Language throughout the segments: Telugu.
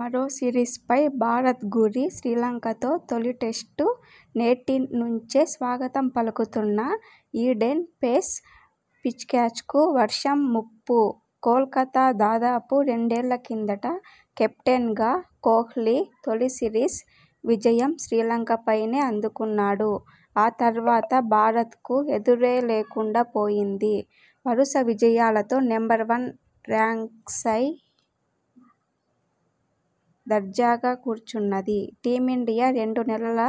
మరో సిరీస్పై భారత్ గురిశ్రీలంకతో తొలి టెస్టు నేటి నుంచేస్వాగతం పలుకుతున్న ఈడెన్ పేస్ పిచ్క్యచ్కు వర్షం ముప్పుకోల్కతా: దాదాపు రెండేళ్ల కిందట కెప్టెన్గా కోహ్లీ తొలి సిరీస్ విజయం శ్రీలంకపైనే అందుకున్నాడు..! ఆ తర్వాత భారత్కు ఎదురేలేకుండా పోయింది. వరుస విజయాలతో నెంబర్ వన్ ర్యాంక్సై దర్జాగా కూర్చున్నది టీమిండియా రెండు నెలల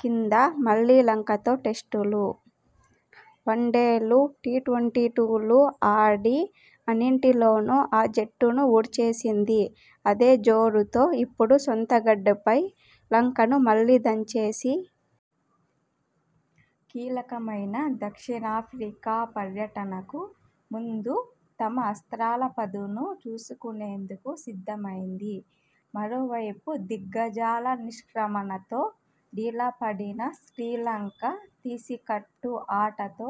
కింద మళ్లీ లంకలో టెస్టులు, వన్డేలు, టీ ట్వంన్టి టూలు ఆడి అన్నింటిలోనూ ఆ జట్టును ఊడ్చేసింది అదే జోరుతో ఇప్పుడు సొంతగడ్డపై లంకను మళ్లీ దంచేసి.. కీలకమైన దక్షిణాఫ్రికా పర్యటనకు ముందు తమ అస్ర్తాల పదును చూసుకునేందుకు సిద్ధమైంది..! మరోవైపుదిగ్గజాల నిష్క్రమణతో డీలా పడిన శ్రీలంక తీసికట్టు ఆటతో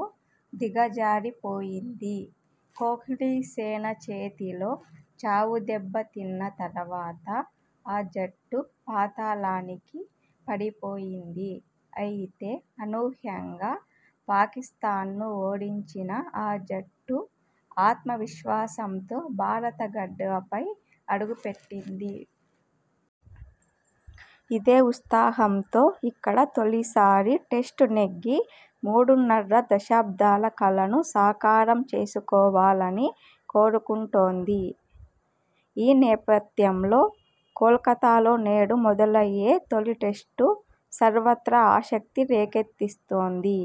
దిగజారిపోయింది..! కోహ్లీసేన చేతిలో చావుదెబ్బ తిన్న తర్వాత ఆ జట్టు పాతాళానికి పడిపోయింది..! అయితే, అనూహ్యంగా పాకిస్థాన్ను ఓడించిన ఆ జట్టు ఆత్మవిశ్వాసంతో భారత గడ్డపై అడుగుపెట్టింది..! ఇదే ఉత్సాహంతో ఇక్కడ తొలిసారి టెస్ట్ నెగ్గి మూడున్నర దశాబ్దాల కలను సాకారం చేసుకోవాలని కోరుకుంటోంది..! ఈ నేపథ్యంలో కోల్కతాలో నేడు మొదలయ్యే తొలి టెస్టు సర్వత్రా ఆసక్తి రేకెత్తిస్తోంది..!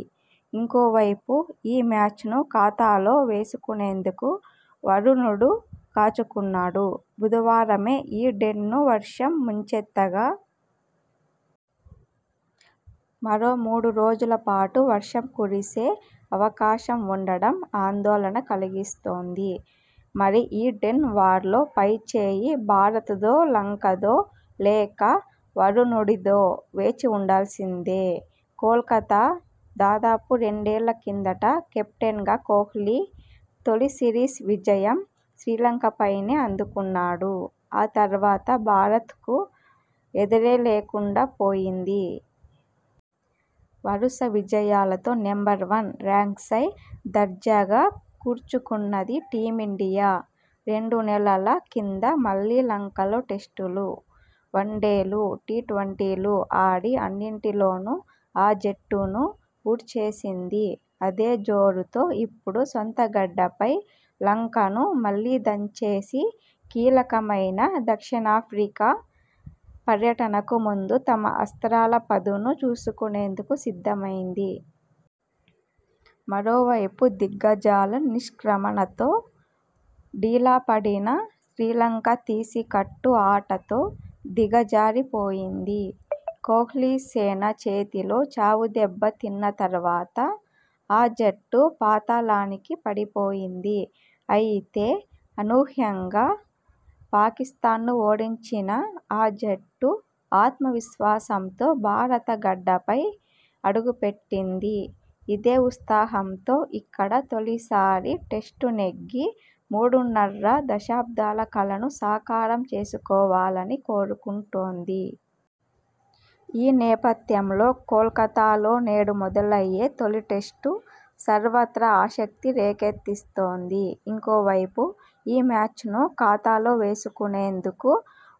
ఇంకోవైపు.. ఈ మ్యాచ్ను ఖాతాలో వేసుకునేందుకు వరుణుడు కాచుకున్నాడు..! బుధవారమే ఈడెన్ను వర్షం ముంచెత్తగా.. మరో మూడు రోజుల పాటు వర్షం కురిసే అవకాశం ఉండడం ఆందోళన కలిగిస్తోంది..! మరి ఈడెన్ వార్లో పై చేయి భారత్దో.. లంకదో.. లేక వరుణుడిదో! వేచి చూడాల్సిందే. కోల్కతా: దాదాపు రెండేళ్ల కిందట కెప్టెన్గా కోహ్లీ తొలి సిరీస్ విజయం శ్రీలంకపైనే అందుకున్నాడు..! ఆ తర్వాత భారత్కు ఎదురేలేకుండా పోయింది. వరుస విజయాలతో నెంబర్ వన్ ర్యాంక్సై దర్జాగా కూర్చుకున్నది టీమిండియా..! రెండు నెలల కింద మళ్లీ లంకలో టెస్టులు, వన్డేలు, టీ ట్వంటిలు ఆడి అన్నింటిలోనూ ఆ జట్టును ఊడ్చేసింది..! అదే జోరుతో ఇప్పుడు సొంతగడ్డపై లంకను మళ్లీ దంచేసి.. కీలకమైన దక్షిణాఫ్రికా పర్యటనకు ముందు తమ అస్ర్తాల పదును చూసుకునేందుకు సిద్ధమైంది..! మరోవైపుదిగ్గజాల నిష్క్రమణతో డీలా పడిన శ్రీలంక తీసికట్టు ఆటతో దిగజారిపోయింది..! కోహ్లీసేన చేతిలో చావుదెబ్బ తిన్న తర్వాత ఆ జట్టు పాతాళానికి పడిపోయింది..! అయితే, అనూహ్యంగా పాకిస్థాన్ను ఓడించిన ఆ జట్టు ఆత్మవిశ్వాసంతో భారత గడ్డపై అడుపెట్టింది..! ఇదే ఉత్సాహంతో ఇక్కడ తొలిసారి టెస్ట్ నెగ్గి మూడున్నర దశాబ్దాల కలను సాకారం చేసుకోవాలని కోరుకుంటోంది..! ఈ నేపథ్యంలో కోల్కతాలో నేడు మొదలయ్యే తొలి టెస్టు సర్వత్రా ఆసక్తి రేకెత్తిస్తోంది..! ఇంకోవైపు.. ఈ మ్యాచ్ను ఖాతాలో వేసుకునేందుకు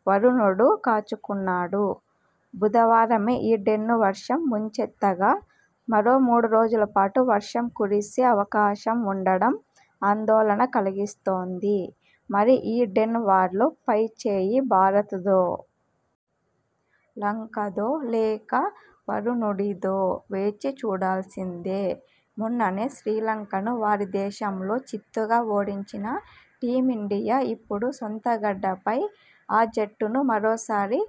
వరుణుడు కాచుకున్నాడు..! బుధవారమే ఈడెన్ను వర్షం ముంచెత్తగా.. మరో మూడు రోజుల పాటు వర్షం కురిసే అవకాశం ఉండడం ఆందోళన కలిగిస్తోంది..! మరి ఈడెన్ వార్లో పై చేయి భారత్దో.. లంకదో.. లేక వరుణుడిదో! వేచి చూడాల్సిందే. మొన్ననే శ్రీలంకను వారి దేశంలో చిత్తుగా ఓడించిన టీమిండియా ఇప్పుడు సొంతగడ్డపై ఆ జట్టును మరోసారి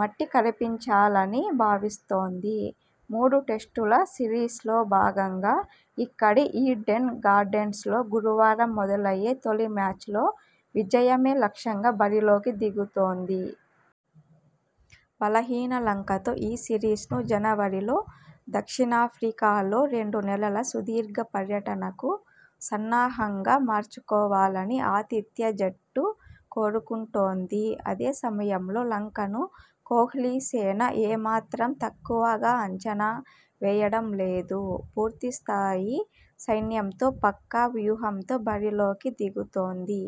మట్టికరిపించాలని భావిస్తోంది. మూడు టెస్టుల సిరీస్లో భాగంగా ఇక్కడి ఈడెన్ గార్డెన్స్లో గురువారం మొదలయ్యే తొలి మ్యాచ్లో విజయమే లక్ష్యంగా బరిలోకి దిగుతోంది. బలహీన లంకతో ఈ సిరీస్ను జనవరిలో దక్షిణాఫ్రికాలో రెండు నెలల సుదీర్ఘ పర్యటనకు సన్నాహంగా మార్చుకోవాలని ఆతిథ్య జట్టు కోరుకుంటోంది. అదే సమయంలో లంకను కోహ్లీసేన ఏ మాత్రం తక్కువగా అంచనా వేయడం లేదు. పూర్తి స్థాయి సైన్యంతో.. పక్కా వ్యూహంతో బరిలోకి దిగుతోంది.